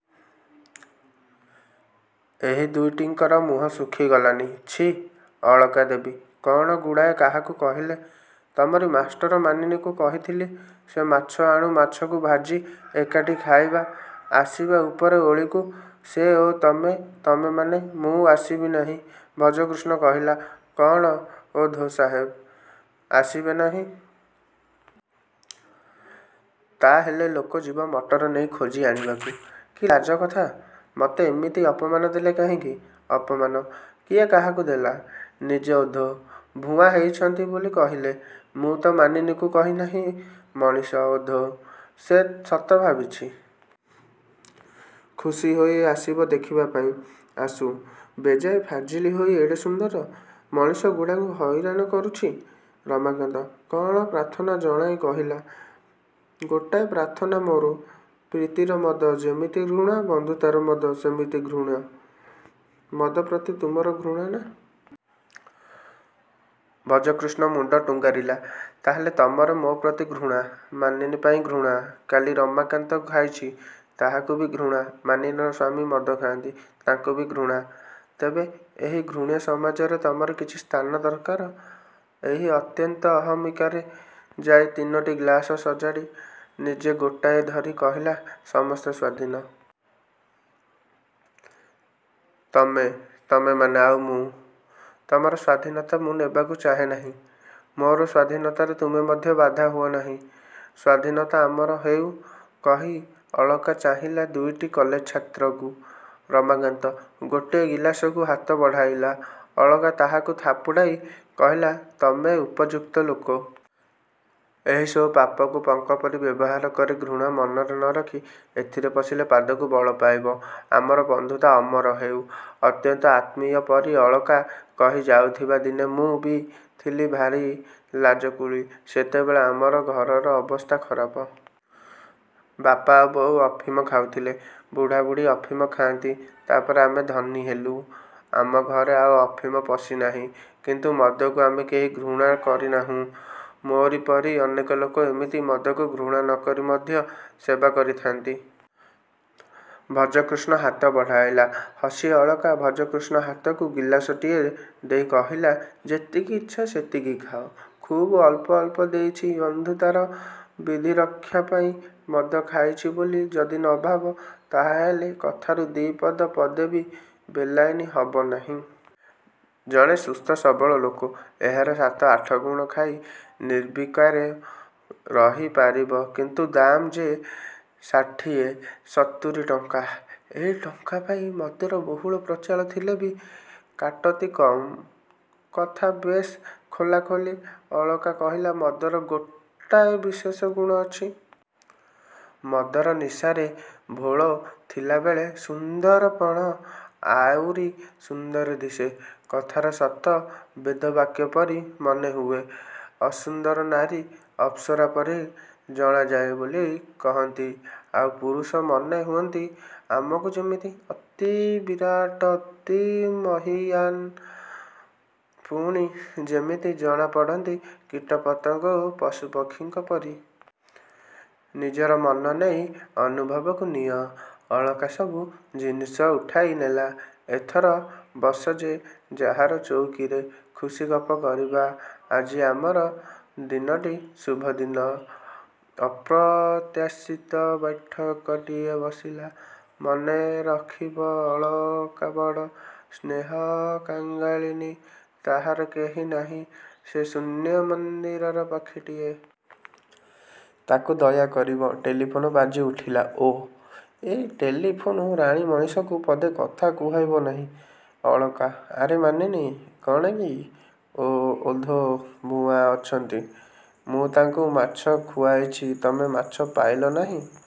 ଏହି ଦୁଇଟିଙ୍କର ମୁହଁ ଶୁଖି ଗଲାଣି। -ଛି, ଅଳକା ଦେବୀ, କ'ଣ ଗୁଡ଼ାଏ କାହାକୁ କହିଲେ? -ତମରି ମାଷ୍ଟର ମାନିନୀକୁ କହୁଥିଲି। ସେ ମାଛ ଆଣୁ-ମାଛକୁ ଭାଜି ଏକାଠି ଖାଇବା-। ଆସିବେ ଉପର ଓଳିକୁ-ସେ ଓ ତମେ-ତମେମାନେ। -ମୁଁ ଆସିବି ନାହିଁ। ଭଜକୃଷ୍ଣ କହିଲା। -କ'ଣ ଓଧ ସାହେବ ଆସିବେ ନାହିଁ। ତାହାହେଲେ ଲୋକ ଯିବ ମଟର ନେଇ ଖୋଜି ଆଣିବାକୁ। -କି ଲାଜ କଥା? ମତେ ଏମିତି ଅପମାନ ଦେଲେ କାହିଁକି? -ଅପମାନ? କିଏ କାହାକୁ ଦେଲା? ନିଜେ ଓଧ-ଭୁଆଁ ହେଇଛନ୍ତି ବୋଲି କହିଲେ। ମୁଁ ତ ମାନିନୀକୁ କହି ନାହିଁ ମଣିଷ-ଓଧ। ସେ ସତ ଭାବିଛି। ଖୁସି ହୋଇ ଆସିବ ଦେଖିବା ପାଇଁ-। ଆସୁ। ବେଜାଏ ଫାଜିଲ ହୋଇ ଏଡ଼େ ସୁନ୍ଦର ମଣିଷଗୁଡ଼ାଙ୍କୁ ହଇରାଣ କରୁଛି। ରମାକାନ୍ତ କଅଁଳ ପ୍ରାର୍ଥନା ଜଣାଇ କହିଲା-ଗୋଟାଏ ପ୍ରାର୍ଥନା ମୋର।। ପ୍ରୀତିର ମଦ ଯେମିତି ଘୃଣ୍ୟ, ବନ୍ଧୁତାର ମଦ ସେମିତି ଘୃଣ୍ୟ। ମଦ ପ୍ରତି ତୁମର ଘୃଣା ନା? ଭଜକୃଷ୍ଣ ମୁଣ୍ଡ ଟୁଙ୍ଗାରିଲା। -ତାହେଲେ ତମର ମୋ'ପ୍ରତି ଘୃଣା? -ମାନିନୀ ପାଇଁ ଘୃଣା? -କାଲି ରମାକାନ୍ତ ଖାଇଛି-ତାହାକୁ ବି ଘୃଣା? -ମାନିନୀର ସ୍ୱାମୀ ମଦ ଖାଆନ୍ତି, ତାଙ୍କୁ ବି ଘୃଣା? ତେବେ ଏଇ ଘୃଣ୍ୟ ସମାଜରେ ତମର କିଛି ସ୍ଥାନ ଦରକାର? କହି ଅତ୍ୟନ୍ତ ଅହମିକାରେ ଯାଇ ତିନୋଟି ଗ୍ଲାସ ସଜାଡ଼ି ନିଜେ ଗୋଟାଏ ଧରି କହିଲା-ସମସ୍ତେ ସ୍ୱାଧୀନ। ତମେ-ତମେମାନେ-ଆଉ ମୁଁ। ତମର ସ୍ୱାଧୀନତା ମୁଁ ନେବାକୁ ଚାହେଁ ନାହିଁ। ମୋର ସ୍ୱାଧୀନତାରେ ତୁମେ ମଧ୍ୟ ବାଧା ହୁଅ ନାହିଁ। -ସ୍ୱାଧୀନତା ଅମର ହେଉ-କହି ଅଳକା ଚାହିଁଲା ଦୁଇଟି କଲେଜ ଛାତ୍ରଙ୍କୁ। ରମାକାନ୍ତ ଗୋଟିଏ ଗିଲାସକୁ ହାତ ବଢ଼ାଇଲା। ଅଳକା ତାହାକୁ ଥାପୁଡ଼ାଇ କହିଲା-ତମେ ଉପଯୁକ୍ତ ଲୋକ। ଏହି ସବୁ ପାପକୁ ପଙ୍କପରି ବ୍ୟବହାର କରି ଘୃଣା ମନରେ ନ ରଖି ଏଥିରେ ପଶିଲେ ପାଦକୁ ବଳ ପାଇବ। ଆମର ବନ୍ଧୁତା ଅମର ହେଉ। ଅତ୍ୟନ୍ତ ଆତ୍ମୀୟ ପରି ଅଳକା କହି ଯାଉଥାଏ-ଦିନେ ମୁଁ ବି ଥିଲି ଭାରି ଲାଜକୁଳି। ସେତେବେଳେ ଆମର ଘରର ଅବସ୍ଥା ଖରାପ। ବାପା ଓ ବୋଉ ଅଫିମ ଖାଉଥିଲେ। ବୁଢ଼ାବୁଢ଼ୀ ଅଫିମ ଖାଆନ୍ତି ତା'ପରେ ଆମେ ଧନୀ ହେଲୁ। ଆମ ଘରେ ଆଉ ଅଫିମ ପଶି ନାହିଁ। କିନ୍ତୁ ମଦକୁ ଆମେ କେହି ଘୃଣା କରି ନାହୁଁ। ମୋରି ପରି ଅନେକ ଲୋକ ଏମିତି ମଦକୁ ଘୃଣା ନ କରି ମଧ୍ୟ ସେବା କରିଥାନ୍ତି। ଭଜକୃଷ୍ଣ ହାତ ବଢ଼ାଇଲା। ହସି ଅଳକା ଭଜକୃଷ୍ଣ ହାତକୁ ଗିଲାସଟିଏ ଦେଇ କହିଲା-ଯେତିକି ଇଚ୍ଛା ସେତିକି ଖାଅ-। ଖୁବ୍ ଅଳ୍ପ ଅଳ୍ପ ଦେଇଛି-ବନ୍ଧୁତାର ବିଧିରକ୍ଷା ପାଇଁ। ମଦ ଖାଇଛି ବୋଲି ଯଦି ନ ଭାବ, ତାହାହେଲେ କଥାରୁ ଦି'ପଦ ପଦେ ବି ବେଲାଇନ ହବ ନାହିଁ। ଜଣେ ସୁସ୍ଥ ସବଳ ଲୋକ ଏହାର ସାତ ଆଠଗୁଣ ଖାଇ ନିର୍ବିକାର ରହି ପାରିବ-କିନ୍ତୁ ଦାମ୍ ଯେ ଷାଠିଏ ସତୁରୀ ଟଙ୍କା ଏଇ ଟଙ୍କା ପାଇଁ ମଦର ବହୁଳ ପ୍ରଚାର ଥିଲେ ବି କାଟତି କମ୍। କଥା ବେଶ୍ ଖୋଲା ଖୋଲି। ଅଳକା କହିଲା-ମଦର ଗୋଟାଏ ବିଶେଷ ଗୁଣ ଅଛି। ମଦର ନିଶାରେ ଭୋଳ ଥିଲାବେଳେ ସୁନ୍ଦରପଣ ଆଉରି ସୁନ୍ଦର ଦିଶେ। କଥାର ସତ ବେଦବାକ୍ୟ ପରି ମନେହୁଏ। ଅସୁନ୍ଦର ନାରୀ ଅପସରା ପରି ଜଣାଯାଏ ବୋଲି କହନ୍ତି। ଆଉ ପୁରୁଷ ମନେ ହୁଅନ୍ତି ଆମକୁ ଯେମିତି ଅତି ବିରାଟ-ଅତି ମହୀୟାନ୍। ପୁଣି ଯେମିତି ଜଣାପଡ଼ନ୍ତି କୀଟ-ପତଙ୍ଗ ଓ ପଶୁପକ୍ଷୀଙ୍କ ପରି। ନିଜର ମନ ନେଇ ଅନୁଭବକୁ ନିଅ। ଅଳକା ସବୁ ଜିନିଷ ଉଠାଇ ନେଲା। ଏଥର ବସ ଯେ ଯାହାର ଚଉକୀରେ-ଖୁସି ଗପ କରିବା। ଆଜି ଆମର ଦିନଟି ଶୁଭ ଦିନ। ଅପ୍ରତ୍ୟାଶିତ ବୈଠକଟିଏ ବସିଲା-ମନେ ରଖିବ ଅଳକା ବଡ଼ ସ୍ନେହ-କାଙ୍ଗାଳିନୀ। ତାହାର କେହି ନାହିଁ। ସେ ଶୂନ୍ୟ ମନ୍ଦିରର ପକ୍ଷୀଟିଏ। ତା'କୁ ଦୟା କରିବ। ଟେଲିଫୋନ୍ ବାଜି ଉଠିଲା। -ଓଃ, ଏଇ ଟେଲିଫୋନ୍ ରାଣୀ ମଣିଷକୁ ପଦେ କଥା କୁହାଇ ବ ନାହିଁ। -ଅଳକା। -ଆରେ ମାନିନୀ? କ'ଣ କି? -ଓଃ, ଓଧ-ଭୁଆଁ। ଅଛନ୍ତି। ମୁଁ ତାଙ୍କୁ ମାଛ ଖୁଆଇଛି ତମେ ମାଛ ପାଇଲ ନାହିଁ।